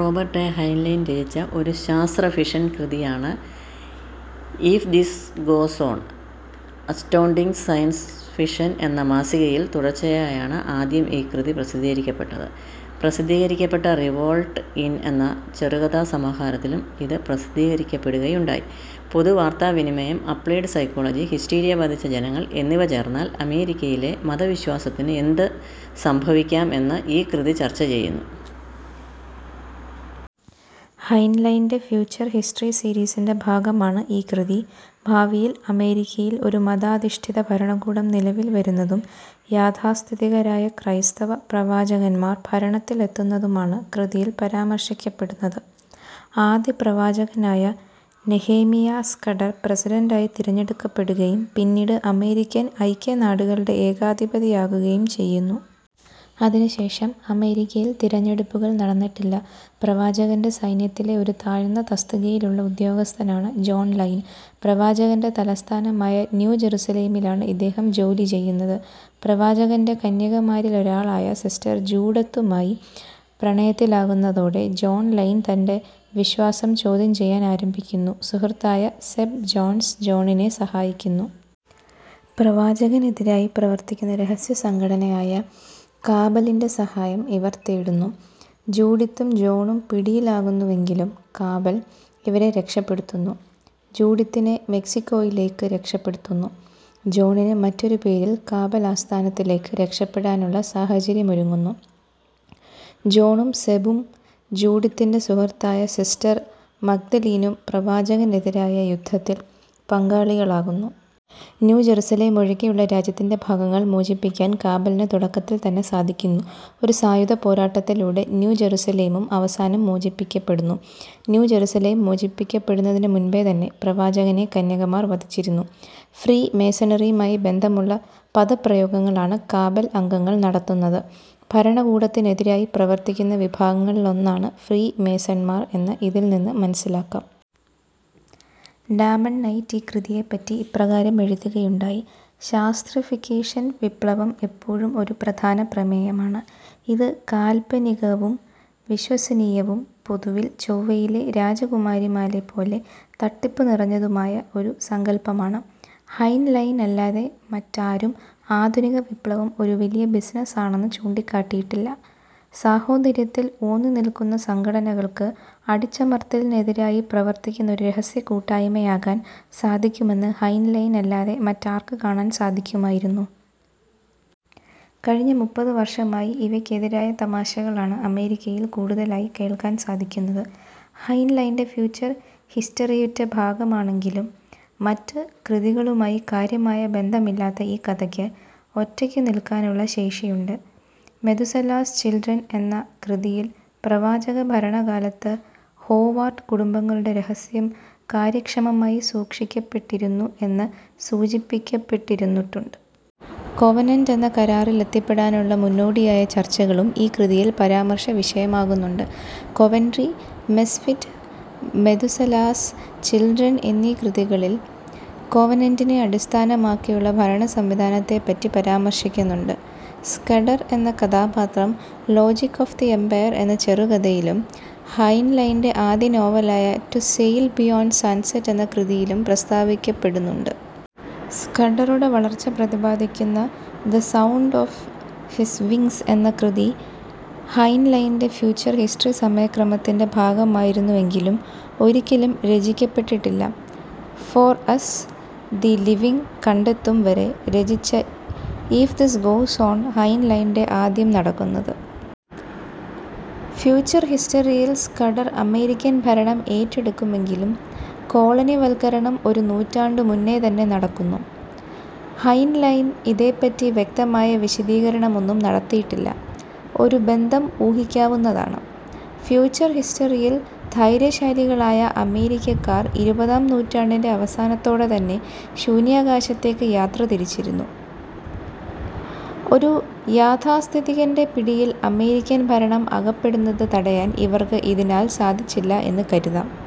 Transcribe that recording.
Robert A. Heinlein രചിച്ച ഒരു ശാസ്ത്ര ഫിക്ഷൻ കൃതിയാണ് " if this goes on ". Astounding science Fiction എന്ന മാസികയിൽ തുടർച്ചയായാണ് ആദ്യം ഈ കൃതി പ്രസിദ്ധീകരിക്കപ്പെട്ടത്. പ്രസിദ്ധീകരിക്കപ്പെട്ട റിവോൾട്ട് ഇൻ എന്ന ചെറുകഥാസമാഹാരത്തിലും ഇത് പ്രസിദ്ധീകരിക്കപ്പെടുകയുണ്ടായി. പൊതു വാർത്താവിനിമയം, അപ്ലൈഡ് സൈക്കോളജി, ഹിസ്റ്റീരിയ ബാധിച്ച ജനങ്ങൾ എന്നിവ ചേർന്നാൽ അമേരിക്കയിലെ മത വിശ്വാസത്തിന് എന്ത് സംഭവിക്കാം എന്ന് ഈ കൃതി ചർച്ച ചെയ്യുന്നു. ഹൈൻലൈന്റെ ഫ്യൂച്ചർ ഹിസ്റ്ററി സീരീസിന്റെ ഭാഗമാണ് ഈ കൃതി. ഭാവിയിൽ അമേരിക്കയിൽ ഒരു മതാധിഷ്ടിത ഭരണകൂടം നിലവിൽ വരുന്നതും യാഥാസ്ഥിതികരായ ക്രൈസ്തവ " പ്രവാചകന്മാർ " ഭരണത്തിലെത്തുന്നതുമാണ് കൃതിയിൽ പരാമർശിക്കപ്പെടുന്നത്. ആദ്യ ' പ്രവാചകനായ ' നെഹേമിയ സ്കഡർ പ്രസിഡന്റായി തിരഞ്ഞെടുക്കപ്പെടുകയും പിന്നീട് അമേരിക്കൻ ഐക്യനാടുകളുടെ ഏകാധിപതിയാകുകയും ചെയ്യുന്നു. അതിനു ശേഷം അമേരിക്കയിൽ തിരഞ്ഞെടുപ്പുകൾ നടന്നിട്ടില്ല. പ്രവാചകന്റെ സൈന്യത്തിലെ ഒരു താഴ്ന്ന തസ്തികയിലുള്ള ഉദ്യോഗസ്ഥനാണ് ജോൺ ലൈൽ. പ്രവാചകന്റെ തലസ്ഥാനമായ ന്യൂ ജെറുസലേമിലാണ് ഇദ്ദേഹം ജോലി ചെയ്യുന്നത്. പ്രവാചകന്റെ കന്യകമാരിലൊരാളായ സിസ്റ്റർ ജൂഡിത്തുമായി പ്രണയത്തിലാകുന്നതോടെ ജോൺ ലൈൽ തന്റെ വിശ്വാസം ചോദ്യം ചെയ്യാൻ ആരംഭിക്കുന്നു. സുഹൃത്തായ സെബ് ജോൺസ് ജോണിനെ സഹായിക്കുന്നു. പ്രവാചകനെതിരായി പ്രവർത്തിക്കുന്ന രഹസ്യ സംഘടനയായ " കാബലിന്റെ " സഹായം ഇവർ തേടുന്നു. ജൂഡിത്തും ജോണും പിടിയിലാകുന്നുവെങ്കിലും കാബൽ ഇവരെ രക്ഷപെടുത്തുന്നു. ജൂഡിത്തിനെ മെക്സിക്കോയിലേയ്ക്ക് രക്ഷപെടുത്തുന്നു. ജോണിന് മറ്റൊരു പേരിൽ കാബൽ ആസ്ഥാനത്തിലേയ്ക്ക് രക്ഷപെടാനുള്ള സാഹചര്യമൊരുങ്ങുന്നു. ജോണും സെബും ജൂഡിത്തിന്റെ സുഹൃത്തായ സിസ്റ്റർ മഗ്ദലീനും പ്രവാചകനെതിരായ യുദ്ധത്തിൽ പങ്കാളികളാകുന്നു. ന്യൂ ജറുസലേമൊഴികെയുള്ള രാജ്യത്തിന്റെ ഭാഗങ്ങൾ മോചിപ്പിക്കാൻ കാബലിന് തുടക്കത്തിൽ തന്നെ സാധിക്കുന്നു. ഒരു സായുധ പോരാട്ടത്തിലൂടെ ന്യൂ ജറുസലേമും അവസാനം മോചിപ്പിക്കപ്പെടുന്നു. ന്യൂ ജറുസലേം മോചിപ്പിക്കപ്പെടുന്നതിനു മുൻപേ തന്നെ പ്രവാചകനെ കന്യകമാർ വധിച്ചിരുന്നു. ഫ്രീമേസണറിയുമായി ബന്ധമുള്ള പദപ്രയോഗങ്ങളാണ് കാബൽ അംഗങ്ങൾ നടത്തുന്നത്. ഭരണകൂടത്തിനെതിരായി പ്രവർത്തിക്കുന്ന വിഭാഗങ്ങളിലൊന്നാണ് ഫ്രീമേസണ്മാർ എന്ന് ഇതിൽ നിന്ന് മനസ്സിലാക്കാം. ഡാമൺ നൈറ്റ് ഈ കൃതിയെപ്പറ്റി ഇപ്രകാരം എഴുതുകയുണ്ടായി: ശാസ്ത്രഫിക്കേഷൻ വിപ്ലവം എപ്പോഴും ഒരു പ്രധാന പ്രമേയമാണ്. ഇത് കാല്പനികകവും വിശ്വസനീയവും പൊതുവിൽ ചൊവ്വയിലെ രാജകുമാരിമാരെപ്പോലെ തട്ടിപ്പുനിറഞ്ഞതുമായ ഒരു സങ്കൽപ്പമാണ്. ഹൈൻലൈനല്ലാതെ മറ്റാരും ആധുനിക വിപ്ലവം ഒരു വലിയ ബിസിനസാണെന്ന് ചൂണ്ടിക്കാട്ടിയിട്ടില്ല. സാഹോദര്യത്തിൽ ഊന്നിനിൽക്കുന്ന സംഘടനകൾക്ക് അടിച്ചമർത്തലിനെതിരായി പ്രവർത്തിക്കുന്ന ഒരു രഹസ്യ കൂട്ടായ്മയാകാൻ സാധിക്കുമെന്ന് ഹൈൻലൈനല്ലാതെ മറ്റാർക്ക് കാണാൻ സാധിക്കുമായിരുന്നു? കഴിഞ്ഞ മുപ്പത് വർഷമായി ഇവയ്ക്കെതിരായ തമാശകളാണ് അമേരിക്കയിൽ കൂടുതലായി കേൾക്കാൻ സാധിക്കുന്നത്. ഹൈൻലൈന്റെ ഫ്യൂച്ചർ ഹിസ്റ്ററിയുറ്റെ ഭാഗമാണെങ്കിലും മറ്റ് കൃതികളുമായി കാര്യമായ ബന്ധമില്ലാത്ത ഈ കഥയ്ക്ക് ഒറ്റയ്ക്കുനിൽക്കാനുള്ള ശേഷിയുണ്ട്. മെതുസലാസ് ചിൽഡ്രൺ എന്ന കൃതിയിൽ പ്രവാചകഭരണകാലത്ത് ഹൊവാർഡ് കുടുംബങ്ങളുടെ രഹസ്യം കാര്യക്ഷമമായി സൂക്ഷിക്കപ്പെട്ടിരുന്നു എന്ന് സൂചിപ്പിക്കപ്പെട്ടിരുന്നുണ്ട്. കോവനന്റ് എന്ന കരാറിലെത്തിപ്പെടാനുള്ള മുന്നോടിയായ ചർച്ചകളും ഈ കൃതിയിൽ പരാമർശവിഷയമാകുന്നുണ്ട്. " കോവന്ററി "," മിസ്ഫിറ്റ് ", മെതുസലാസ് ചിൽഡ്രൺ എന്നീ കൃതികളിൽ കോവനന്റിനെ അടിസ്ഥാനമാക്കിയുള്ള ഭരണസംവിധാനത്തെപ്പറ്റി പരാമർശിക്കുന്നുണ്ട്. സ്കഡർ എന്ന കഥാപാത്രം " ലോജിക് ഓഫ് ദ എമ്പയർ " എന്ന ചെറുകഥയിലും ഹൈൻലൈന്റെ ആദ്യ നോവലായ റ്റു സെയിൽ ബിയോൺഡ് സൺസെറ്റ് എന്ന കൃതിയിലും പ്രസ്താവിക്കപ്പെടുന്നുണ്ട്. സ്കഡറുടെ വളർച്ച പ്രതിപാദിക്കുന്ന " the sound of his wings " എന്ന കൃതി ഹൈൻലൈന്റെ ഫ്യൂച്ചർ ഹിസ്റ്ററി സമയക്രമത്തിന്റെ ഭാഗമായിരുന്നുവെങ്കിലും ഒരിക്കലും രചിക്കപ്പെട്ടില്ല. ഫോർ അസ്, ദി ലിവിംഗ് കണ്ടെത്തും വരെ രചിച്ച ഈഫ് ദിസ് ഗോസ് ഓൺ ഹൈൻലൈന്റെ ആദ്യം നടക്കുന്നത്. ഫ്യൂച്ചർ ഹിസ്റ്ററിയിൽ സ്കഡർ അമേരിക്കൻ ഭരണം ഏറ്റെടുക്കുമെങ്കിലും കോളനിവൽക്കരണം ഒരു നൂറ്റാണ്ടു മുന്നേതന്നെ നടക്കുന്നു. ഹൈൻലൈൻ ഇതേപ്പറ്റി വ്യക്തമായ വിശദീകരണമൊന്നും നടത്തിയിട്ടില്ല. ഒരു ബന്ധം ഊഹിക്കാവുന്നതാണ്: ഫ്യൂച്ചർ ഹിസ്റ്ററിയിൽ ധൈര്യശാലികളായ അമേരിക്കക്കാർ ഇരുപതാം നൂറ്റാണ്ടിന്റെ അവസാനത്തോടെതന്നെ ശൂന്യാകാശത്തേയ്ക്ക് യാത്ര തിരിച്ചിരുന്നു. ഒരു യാഥാസ്ഥിതികന്റെ പിടിയിൽ അമേരിക്കൻ ഭരണം അകപ്പെടുന്നത് തടയാൻ ഇവർക്ക് ഇതിനാൽ സാധിച്ചില്ല എന്ന് കരുതാം. ".